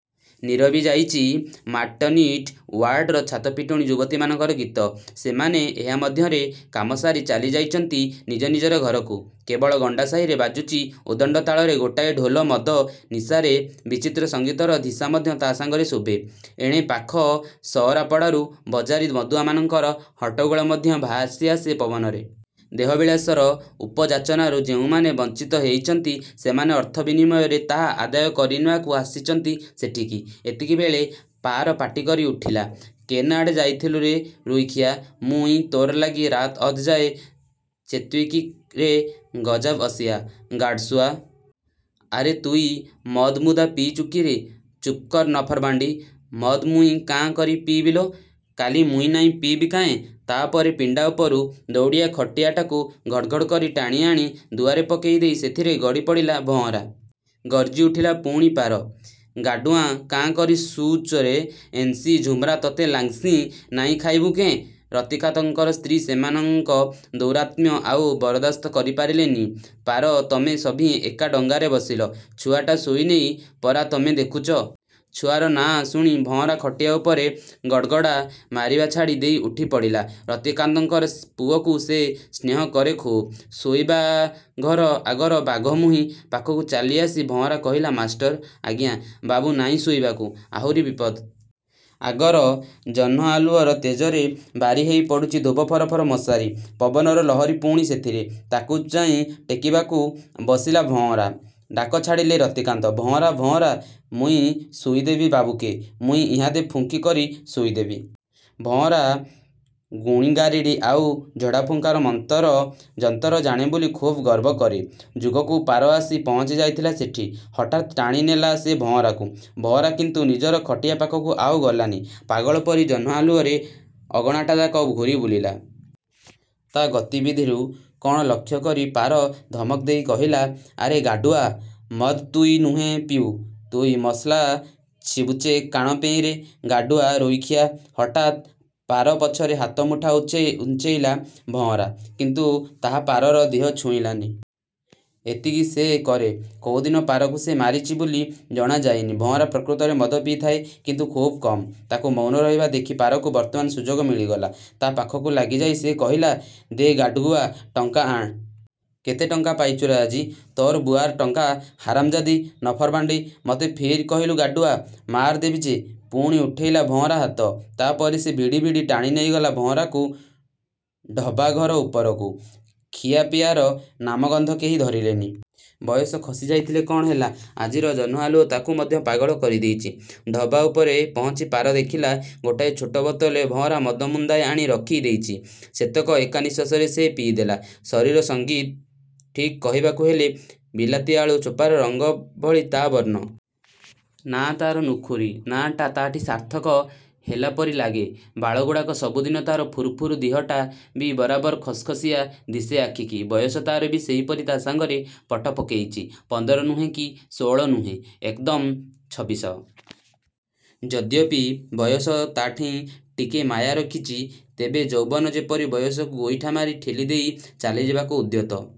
ନୀରବି ଯାଇଚି ମାଟର୍ନିଟି ଓ୍ୟାଡ଼ର ଛାତପିଟୁଣୀ ଯୁବତୀମାନଙ୍କର ଗୀତ। ସେମାନେ ଏହା ମଧ୍ୟରେ କାମସାରି ଚାଲିଯାଇଚନ୍ତି ନିଜନିଜର ଘରକୁ। କେବଳ ଗଣ୍ଡା ସାହିରେ ବାଜୁଚି ଉଦଣ୍ଡ ତାଳରେ ଗୋଟାଏ ଢୋଲ–ମଦ ନିଶାରେ ବିଚିତ୍ର ସଙ୍ଗୀତର ଧିଶା ମଧ୍ୟ ତା ସାଙ୍ଗରେ ଶୁଭେ-। ଏଣେ ପାଖ ସଅରାପଡ଼ାରୁ ବଜାରୀ ମଦୁଆମାନଙ୍କର ହଟ୍ଟଗୋଳ ମଧ୍ୟ ଭାସିଆସେ ପବନରେ-। ଦେହବିଳାସର ଉପଯାଚନାରୁ ଯେଉଁମାନେ ବଞ୍ଚିତ ହେଇଚନ୍ତି, ସେମାନେ ଅର୍ଥ ବିନିମୟରେ ତାହା ଆଦାୟ କରିନେବାକୁ ଆସିଚନ୍ତି ସେଠିକି। ଏତିକିବେଳେ। ପାର ପାଟିକରି ଉଠିଲା, "କେନ୍ଆଡ଼େ ଯାଇଥିଲୁ ରେ ରୋଇଖିଆ" ମୁଁ ଇଁ ତୋର୍ ଲାଗି ରାତ୍ ଅଧ ଯାଏ ଚେତ୍ବି କି ରେ ଗଜାବଅସିଆ... ଗାଡ଼୍ ସୁଆ... ଆରେ ତୁଇ ମଦ୍ ମୁଦା ପିଇଚୁ କିରେ... " ଚୁପ୍କର ନଫର ବାଣ୍ଡି... ମଦ୍ ମୁଇଁ କାଁ କରି ପିଇବି ଲୋ... କାଲି ମୁଇଁ ନାଇଁ ପିଇବି କାଏଁ? " ତା ପରେ ପିଣ୍ଡା ଉପରୁ ଦଉଡ଼ିଆ ଖଟିଆଟାକୁ ଘଡ଼୍ ଘଡ଼୍ କରି ଟାଣିଆଣି ଦୁଆରେ ପକେଇ ଦେଇ ସେଥିରେ ଗଡ଼ି ପଡ଼ିଲା ଭଁଅରା। ଗର୍ଜି ଉଠିଲା ପୁଣି ପାର। "ଗାଡ୍ସୁଆ, କାଁ କରି ଶୁଉଚ ରେ ଏନ୍ସି ଝୁମ୍ରା ତତେ ଲାଗ୍ସି ନାଇଁ ଖାଇବୁ କେଁ? " ରତିକାନ୍ତଙ୍କର ସ୍ତ୍ରୀ ସେମାନଙ୍କ ଦୌରାତ୍ମ୍ୟ ଆଉ ବରଦାସ୍ତ କରିପାରିଲେ ନି। "ପାର ତମେ ସଭିଏଁ ଏକା ଡଙ୍ଗାରେ ବସିଲ? ଛୁଆଟା ଶୋଇନେଇ ପରା ତମେ ଦେଖୁଚ! " ଛୁଆର ନାଁ ଶୁଣି ଭଁଅରା ଖଟିଆ ଉପରେ ଗଡ଼୍ଗଡ଼ା ମାରିବା ଛାଡ଼ି ଦେଇ ଉଠି ପଡ଼ିଲା-। ରତିକାନ୍ତଙ୍କର ପୁଅକୁ ସେ ସ୍ନେହ କରେ ଖୁବ୍। ଶୋଇବାଘର ଆଗର ବାଘମୁହିଁ ପାଖକୁ ଚାଲି ଆସି ଭଁଅରା କହିଲା– "ମାଷ୍ଟର୍, ଆଜ୍ଞା... 'ବାବୁ ନାଇଁ ଶୋଇବାକୁ? " ଆହୁରି ବିପଦ। ଆଗର ଜହ୍ନଆଲୁଅର ତେଜରେ ବାରି ହେଇ ପଡ଼ୁଚି ଧୋବ ଫରଫର ମଶାରି, ପବନର ଲହରୀ ପୁଣି ସେଥିରେ। ତାକୁ ଯାଇଁ ଟେକିବାକୁ ବସିଲା ଭଅଁରା। ଡାକ ଛାଡ଼ିଲେ ରତିକାନ୍ତ। "ଭଅଁରା... ଭଅଁରା... " 'ମୁଇଁ ଶୁଇ ଦେବି ବାବୁକେ... ମୁଇଁ ଇହାଦେ ଫୁଙ୍କି କରି ଶୁଇ ଦେବି!! ଭଅଁରା ଗୁଣୀଗାରିଡ଼ି ଆଉ ଝଡ଼ାଫୁଙ୍କାର ମନ୍ତର ଯନ୍ତର ଜାଣେ ବୋଲି ଖୁବ୍ ଗର୍ବ କରେ। ଯୋଗକୁ ପାର ଆସି ପହଞ୍ଚିଯାଇଥିଲା ସେଠି। ହଠାତ୍ ଟାଣି ନେଲା ସେ ଭଅଁରାକୁ। ଭଅଁରା କିନ୍ତୁ ନିଜର ଖଟିଆ ପାଖକୁ ଆଉ ଗଲାନି। ପାଗଳ ପରି ଜହ୍ନଆଲୁଅରେ ଅଗଣାଟାଯାକ ଘୂରି ବୁଲିଲା। ତା' ଗତିବିଧିରୁ କଣ ଲକ୍ଷ୍ୟ କରି ପାର ଧମକ ଦେଇ କହିଲା, "ଆରେ ଗାଡ୍ସୁଆ, ମଦ୍ ତୁଇ ନୁହେ ପିଉ... ତୁଇ ମସଲା ଚିବୁଚେ କାଣ ପେଇଁରେ... ଗାଡ୍ସୁଆ, ରୋଇଖିଆ! " ହଠାତ୍ ପାର ପଛରେ ହାତ ମୁଠା ଉଞ୍ଚେଇଲା ଭଅଁରା। କିନ୍ତୁ ତାହା ପାରର ଦିହ ଛୁଇଁଲାନି। ଏମିତି ସେ କରେ। କୋଉଦିନ ପାରକୁ ସେ ମାରିଚି ବୋଲି ଜଣାଯାଇନି। ଭଅଁରା ପ୍ରକୃତରେ ମଦ ପିଇଥାଏ, କିନ୍ତୁ ଖୁବ୍ କମ୍। ତାକୁ ମୌନ ରହିବା ଦେଖି ପାରକୁ ବର୍ତ୍ତମାନ ସୁଯୋଗ ମିଳିଗଲା। ତା' ପାଖକୁ ଲାଗିଯାଇ ସେ କହିଲା, "ଦେ ଗାଡ୍ସୁଆ, ଟଙ୍କା ଆଣ୍... କେତେ ଟଙ୍କା ପାଇଚୁରେ ଆଜି? " "ତୋର ବୁଆର୍ ଟଙ୍କା, ହାରାମଜାଦି! ନଫରବାଣ୍ଡି, ମତେ ଫିର୍ କହିଲୁ ଗାଡ୍ସୁଆ... ମାଆର୍ ଦେଵି ଯେ" ପୁଣି ଉଠେଇଲା ଭଅଁରା ହାତ। ତା ପରେ ସେ ଭିଡ଼ି ଭିଡ଼ି ଟାଣି ନେଇଗଲା ଭଅଁରାକୁ ଢବା ଘର ଉପରକୁ। ଖିଆପିଆର ନାମଗନ୍ଧ କେହି ଧରିଲେନି। ବୟସ ଖସି ଯାଇଥିଲେ କଣ ହେଲା, ଆଜିର ଜହ୍ନଆଲୁଅ ତାକୁ ମଧ୍ୟ ପାଗଳ କରିଦେଇଚି। ଢବା ଉପରେ ପହଞ୍ଚି ପାର ଦେଖିଲା, ଗୋଟାଏ ଛୋଟ ବୋତଲରେ ଭଅଁରା ମଦ ମୁନ୍ଦାଏ ଆଣି ରଖି ଦେଇଚି। ସେତକ ଏକା ନିଶ୍ୱାସରେ ସେ ପିଇଦେଲା। ଶରୀର–ସଙ୍ଗୀତ ଠିକ୍ କହିବାକୁ ହେଲେ ବିଲାତିଆଳୁ ଚୋପାର ରଙ୍ଗ ଭଳି ତା' ବର୍ଣ୍ଣ। ନାଁ ତାର ନୁଖୁରୀ-। ନାଁଟା ତା'ଠି ସାର୍ଥକ ହେଲା ପରି ଲାଗେ। ବାଳଗୁଡ଼ାକ ସବୁଦିନେ ତାର ଫୁରୁଫୁରୁ–ଦିହଟା ଵି ବରାବର ଖସଖସିଆ ଦିଶେ ଆଖିକି। ବୟସ ତା'ର ଵି ସେହିପରି ତା ସାଙ୍ଗରେ ପଟ ପକେଇଚି-। ପନ୍ଦର ନୁହେଁ କି ଷୋଳ ନୁହେଁ। ଏକଦମ୍ ଛବିଶ। ଯଦ୍ୟପି ବୟସ ତାଠେଇଁ ଟିକେ ମାୟା ରଖିଚି, ତେବେ ଯୌବନ ଯେପରି ବୟସକୁ ଗୋଇଠା ମାରି ଠେଲି ଦେଇ ଚାଲିଯିବାକୁ ଉଦ୍ୟତ-।